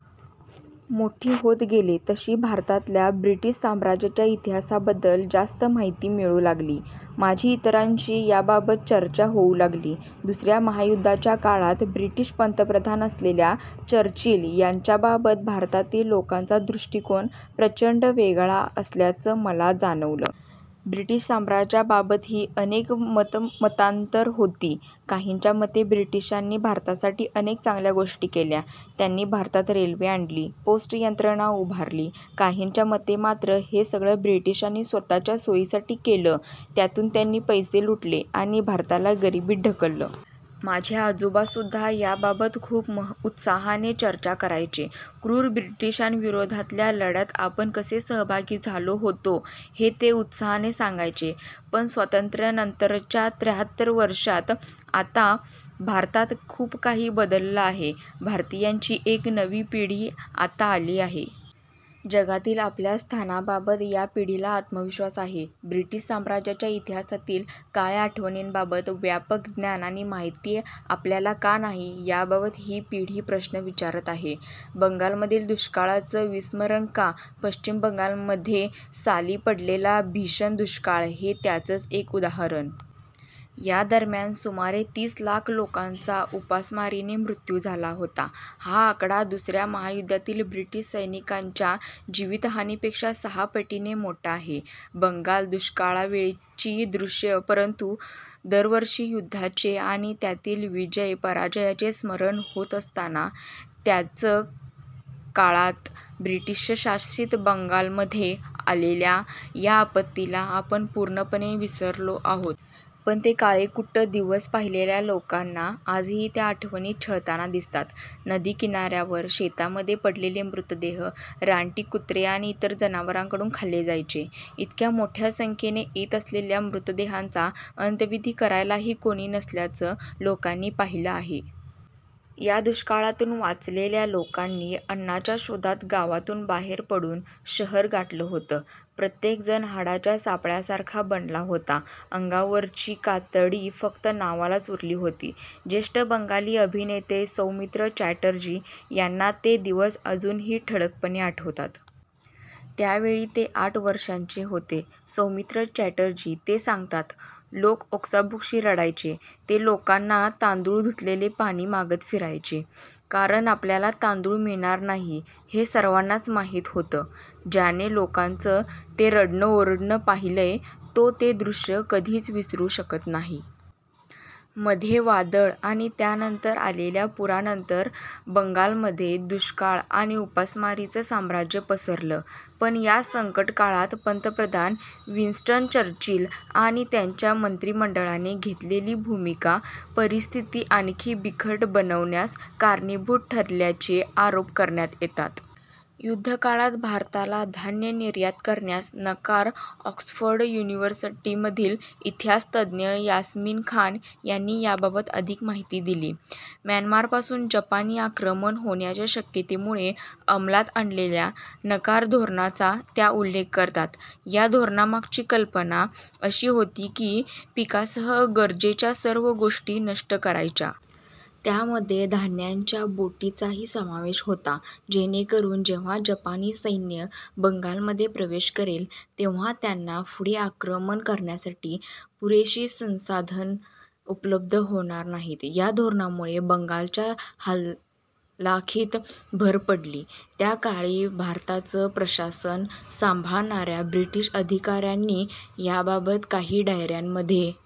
मोठी होत गेले, तशी भारतातल्या ब्रिटीश साम्राज्याच्या इतिहासाबद्दल जास्त माहिती मिळू लागली. माझी इतरांशी याबाबत चर्चा होऊ लागली. दुसऱ्या महायुद्धाच्या काळात ब्रिटीश पंतप्रधान असलेल्या चर्चिल यांच्याबाबत भारतातील लोकांचा दृष्टिकोन प्रचंड वेगळा असल्याचं मला जाणवलं. ब्रिटीश साम्राज्याबाबतही अनेक मतमतांतरं होती. काहींच्या मते, ब्रिटिशांनी भारतासाठी अनेक चांगल्या गोष्टी केल्या. त्यांनी भारतात रेल्वे आणली. पोस्ट यंत्रणा उभारली. काहींच्या मते मात्र हे सगळं ब्रिटिशांनी स्वतःच्या सोयीसाठी केलं. त्यातून त्यांनी पैसे लुटले आणि भारताला गरिबीत ढकललं. माझे आजोबासुद्धा याबाबत खूप उत्साहाने चर्चा करायचे. 'क्रूर ब्रिटिशां'विरोधातल्या लढ्यात आपण कसे सहभागी झालो होतो, हे ते उत्साहाने सांगायचे. पण स्वातंत्र्यानंतरच्या त्राहत्तर वर्षांत आता भारतात खूप काही बदललं आहे. भारतीयांची एक नवी पिढी आता आली आहे. जगातील आपल्या स्थानाबाबत या पिढीला आत्मविश्वास आहे. ब्रिटीश साम्राज्याच्या इतिहासातील काळ्या आठवणींबाबत व्यापक ज्ञान आणि माहिती आपल्याला का नाही, याबाबत ही पिढी प्रश्न विचारत आहे. बंगालमधील दुष्काळाचं विस्मरण का? पश्चिम बंगालमध्ये साली पडलेला भीषण दुष्काळ हे त्याचंच एक उदाहरण. या दरम्यान सुमारे तीस लाख लोकांचा उपासमारीने मृत्यू झाला होता. हा आकडा दुसऱ्या महायुद्धातील ब्रिटीश सैनिकांच्या जीवितहानीपेक्षा सहा पटीने मोठा आहे. बंगाल दुष्काळावेळची दृश्यं परंतु, दरवर्षी युद्धाचे आणि त्यातील विजय-पराजयांचे स्मरण होत असताना, त्याच काळात ब्रिटीशशासित बंगालमध्ये आलेल्या या आपत्तीला आपण पूर्णपणे विसरलो आहोत. पण ते काळेकुट्ट दिवस पाहिलेल्या लोकांना आजही त्या आठवणी छळताना दिसतात. नदी किनाऱ्यावर, शेतांमध्ये पडलेले मृतदेह रानटी कुत्रे आणि इतर जनावरांकडून खाल्ले जायचे. इतक्या मोठ्या संख्येने येत असलेल्या मृतदेहांचा अंत्यविधी करायलाही कुणी नसल्याचं लोकांनी पाहिलं आहे. या दुष्काळातून वाचलेल्या लोकांनी अन्नाच्या शोधात गावातून बाहेर पडून शहर गाठलं होतं. प्रत्येक जण हाडाच्या सापळ्यासारखा बनला होता. अंगावरची कातडी फक्त नावालाच उरली होती ज्येष्ठ बंगाली अभिनेते सौमित्र चॅटर्जी यांना ते दिवस अजूनही ठळकपणे आठवतात. त्यावेळी ते आठ वर्षांचे होते. सौमित्र चॅटर्जी ते सांगतात. लोक ओक्साबोक्शी रडायचे. ते लोकांना तांदूळ धुतलेलं पाणी मागत फिरायचे. कारण आपल्याला तांदूळ मिळणार नाही, हे सर्वांनाच माहीत होतं. ज्याने लोकांचं ते रडणं-ओरडणं पाहिलंय, तो ते दृश्य कधीच विसरू शकत नाही. मध्ये वादळ आणि त्यानंतर आलेल्या पुरानंतर बंगालमध्ये दुष्काळ आणि उपासमारीचं साम्राज्य पसरलं. पण या संकट काळात पंतप्रधान विन्स्टन चर्चिल आणि त्यांच्या मंत्रिमंडळाने घेतलेली भूमिका परिस्थिती आणखी बिकट बनवण्यास कारणीभूत ठरल्याचे आरोप करण्यात येतात. युद्धकाळात भारताला धान्य निर्यात करण्यास नकार ऑक्सफर्ड युनिव्हर्सिटीमधील इतिहास तज्ज्ञ यास्मीन खान यांनी याबाबत अधिक माहिती दिली. म्यानमारपासून जपानी आक्रमण होण्याच्या शक्यतेमुळे अंमलात आणलेल्या 'नकार धोरणा'चा त्या उल्लेख करतात. "या धोरणामागची कल्पना अशी होती की, पिकांसह गरजेच्या सर्व गोष्टी नष्ट करायच्या. त्यामध्ये धान्याच्या बोटींचाही समावेश होता. जेणेकरून जेव्हा जपानी सैन्य बंगालमध्ये प्रवेश करेल, तेव्हा त्यांना पुढे आक्रमण करण्यासाठी पुरेशी संसाधनं उपलब्ध होणार नाहीत. या धोरणामुळे बंगालच्या हालाखीत भर पडली. त्या काळी भारताचं प्रशासन सांभाळणाऱ्या ब्रिटीश अधिकाऱ्यांनी याबाबत काही डायऱ्यांमध्ये